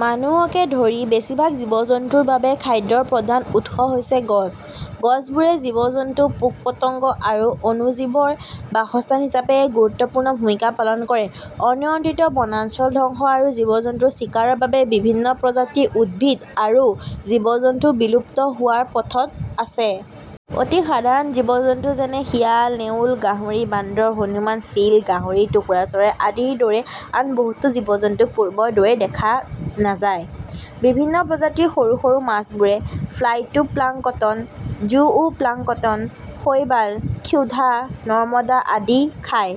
মানুহকে ধৰি বেছিভাগ জীৱ-জন্তুৰ বাবে খাদ্যৰ প্ৰধান উৎস হৈছে গছ। গছবোৰে জীৱ-জন্তু, পোক-পতংগ আৰু অণুজীৱৰ বাসস্থান হিচাপে এক গুৰুত্বপূৰ্ণ ভূমিকা পালন কৰে। অনিয়ন্ত্ৰিত বনাঞ্চল ধ্বংস আৰু জীৱ-জন্তুৰ চিকাৰৰ বাবে বিভিন্ন প্ৰজাতিৰ উদ্ভিদ আৰু জীৱ-জন্তু বিলুপ্ত হোৱাৰ পথত আছে। অতি সাধাৰণ জীৱ-জন্তু, যেনে শিয়াল, ,নেউল, গাহৰি, বান্দৰ, হনুমান, চিল, গাহৰি, টোকোৰা চৰাই আদিৰ দৰে আন বহুতো জীৱ-জন্তু পূৰ্বৰ দৰে দেখা নাযায়। বিভিন্ন প্ৰজাতিৰ সৰু সৰু মাছবোৰে ফাইটোপ্লাংকটন, জুওপ্লাংকটন, শৈবাল, ক্ষুধা, নৰ্দমা আদি খায়,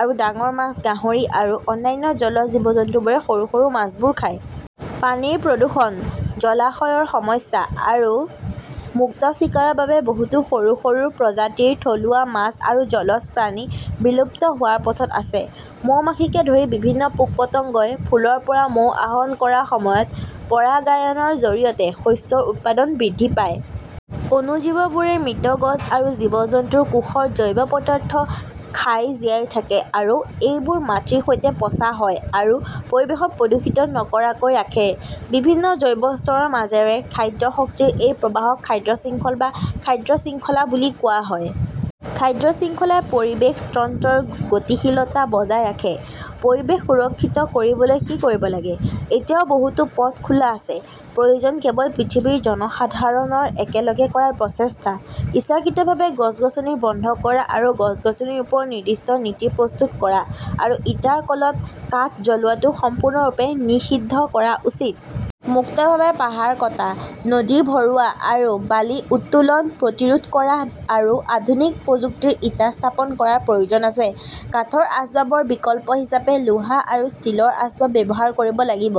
আৰু ডাঙৰ মাছ, গাহৰি আৰু অন্যান্য জলজ জীৱ-জন্তুবোৰে সৰু সৰু মাছবোৰ খায়। পানীৰ প্ৰদূষণ, জলাশয়ৰ সমস্যা আৰু মুক্ত চিকাৰৰ বাবে বহুতো সৰু সৰু প্ৰজাতিৰ থলুৱা মাছ আৰু জলজ প্ৰাণী বিলুপ্ত হোৱাৰ পথত আছে। মৌমাখিকে ধৰি বিভিন্ন পোক-পতংগই ফুলৰ পৰা মৌ আহৰণ কৰাৰ সময়ত পৰাগায়নৰ জৰিয়তে শস্যৰ উৎপাদন বৃদ্ধি পায়। অণুজীৱবোৰে মৃত গছ আৰু জীৱ-জন্তুৰ কোষৰ জৈৱ পদাৰ্থ খাই জীয়াই থাকে আৰু এইবোৰ মাটিৰ সৈতে পচা হয় আৰু পৰিৱেশক প্ৰদূষিত নকৰাকৈ ৰাখে। বিভিন্ন জৈৱ স্তৰৰ মাজেৰে খাদ্য শক্তিৰ এই প্ৰবাহক খাদ্য শৃংখল বা খাদ্য শৃংখলা বুলি কোৱা হয়। খাদ্য শৃংখলাই পৰিৱেশ তন্ত্ৰৰ গতিশীলতা বজাই ৰাখে। পৰিৱেশ সুৰক্ষিত কৰিবলৈ কি কৰিব লাগে? এতিয়াও বহুতো পথ খোলা আছে। প্ৰয়োজন কেৱল পৃথিৱীৰ জনসাধাৰণৰ একেলগে কৰা প্ৰচেষ্টা। ইচ্ছাকৃতভাৱে গছ-গছনি বন্ধ কৰা আৰু গছ-গছনিৰ ওপৰত নিৰ্দিষ্ট নীতি প্ৰস্তুত কৰা আৰু ইটাৰ কলত কাঠ জ্বলোৱাটো সম্পূৰ্ণৰূপে নিষিদ্ধ কৰা উচিত। মুক্তভাৱে পাহাৰ কটা, নদী ভৰোৱা আৰু বালি উত্তোলন প্ৰতিৰোধ কৰা আৰু আধুনিক প্ৰযুক্তিৰ ইটা স্থাপন কৰাৰ প্ৰয়োজন আছে। কাঠৰ আচবাবৰ বিকল্প হিচাপে লোহা আৰু ষ্টীলৰ আচবাব ব্যৱহাৰ কৰিব লাগিব।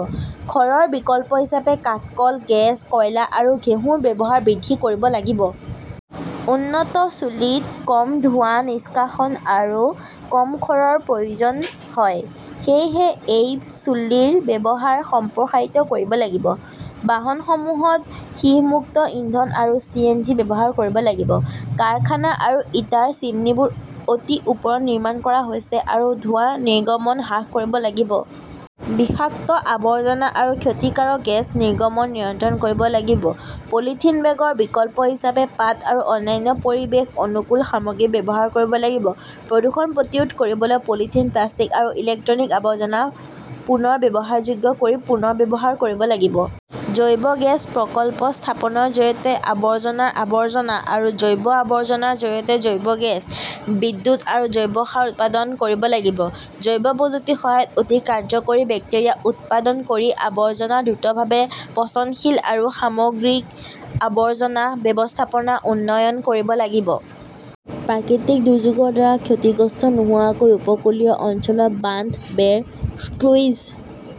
খড়ৰ বিকল্প হিচাপে কাঠক'ল, গেছ, কয়লা আৰু ঘেঁহুৰ ব্যৱহাৰ বৃদ্ধি কৰিব লাগিব। উন্নত চুলিত কম ধোঁৱা নিষ্কাশন আৰু কম খড়ৰ প্ৰয়োজন হয়। সেয়েহে এই চুল্লীৰ ব্যৱহাৰ সম্প্ৰসাৰিত কৰিব লাগিব। বাহনসমূহত সীহ-মুক্ত ইন্ধন আৰু চি. এন. জি. ব্যৱহাৰ কৰিব লাগিব। কাৰখানা আৰু ইটাৰ চিমনীবোৰ অতি ওপৰত নিৰ্মাণ কৰা হৈছে আৰু ধোঁৱা নিৰ্গমন হ্ৰাস কৰিব লাগিব। বিষাক্ত আৱৰ্জনা আৰু ক্ষতিকাৰক গেছ নিৰ্গমন নিয়ন্ত্ৰণ কৰিব লাগিব। পলিথিন বেগৰ বিকল্প হিচাপে পাট আৰু অন্যান্য পৰিৱেশ অনুকূল সামগ্ৰী ব্যৱহাৰ কৰিব লাগিব। প্ৰদূষণ প্ৰতিৰোধ কৰিবলৈ পলিথিন, প্লাষ্টিক আৰু ইলেক্ট্ৰনিক আৱৰ্জনা পুনৰ ব্যৱহাৰযোগ্য কৰি পুনৰ্ব্যৱহাৰ কৰিব লাগিব। জৈৱ গেছ প্ৰকল্প স্থাপনৰ জৰিয়তে আৱৰ্জনাৰ আৱৰ্জনা আৰু জৈৱ আৱৰ্জনাৰ জৰিয়তে জৈৱ গেছ, বিদ্যুৎ আৰু জৈৱ সাৰ উৎপাদন কৰিব লাগিব। জৈৱ প্ৰযুক্তিৰ সহায়ত অতি কাৰ্য্যকৰী বেক্টেৰিয়া উৎপাদন কৰি আৱৰ্জনা দ্ৰুতভাৱে পচনশীল কৰি সামগ্ৰিক আৱৰ্জনা ব্যৱস্থাপনাৰ উন্নয়ন কৰিব লাগিব। প্ৰাকৃতিক দুৰ্যোগৰ দ্বাৰা ক্ষতিগ্ৰস্ত নোহোৱাকৈ উপকূলীয় অঞ্চলৰ বান্ধ, বেৰ, স্কুইজ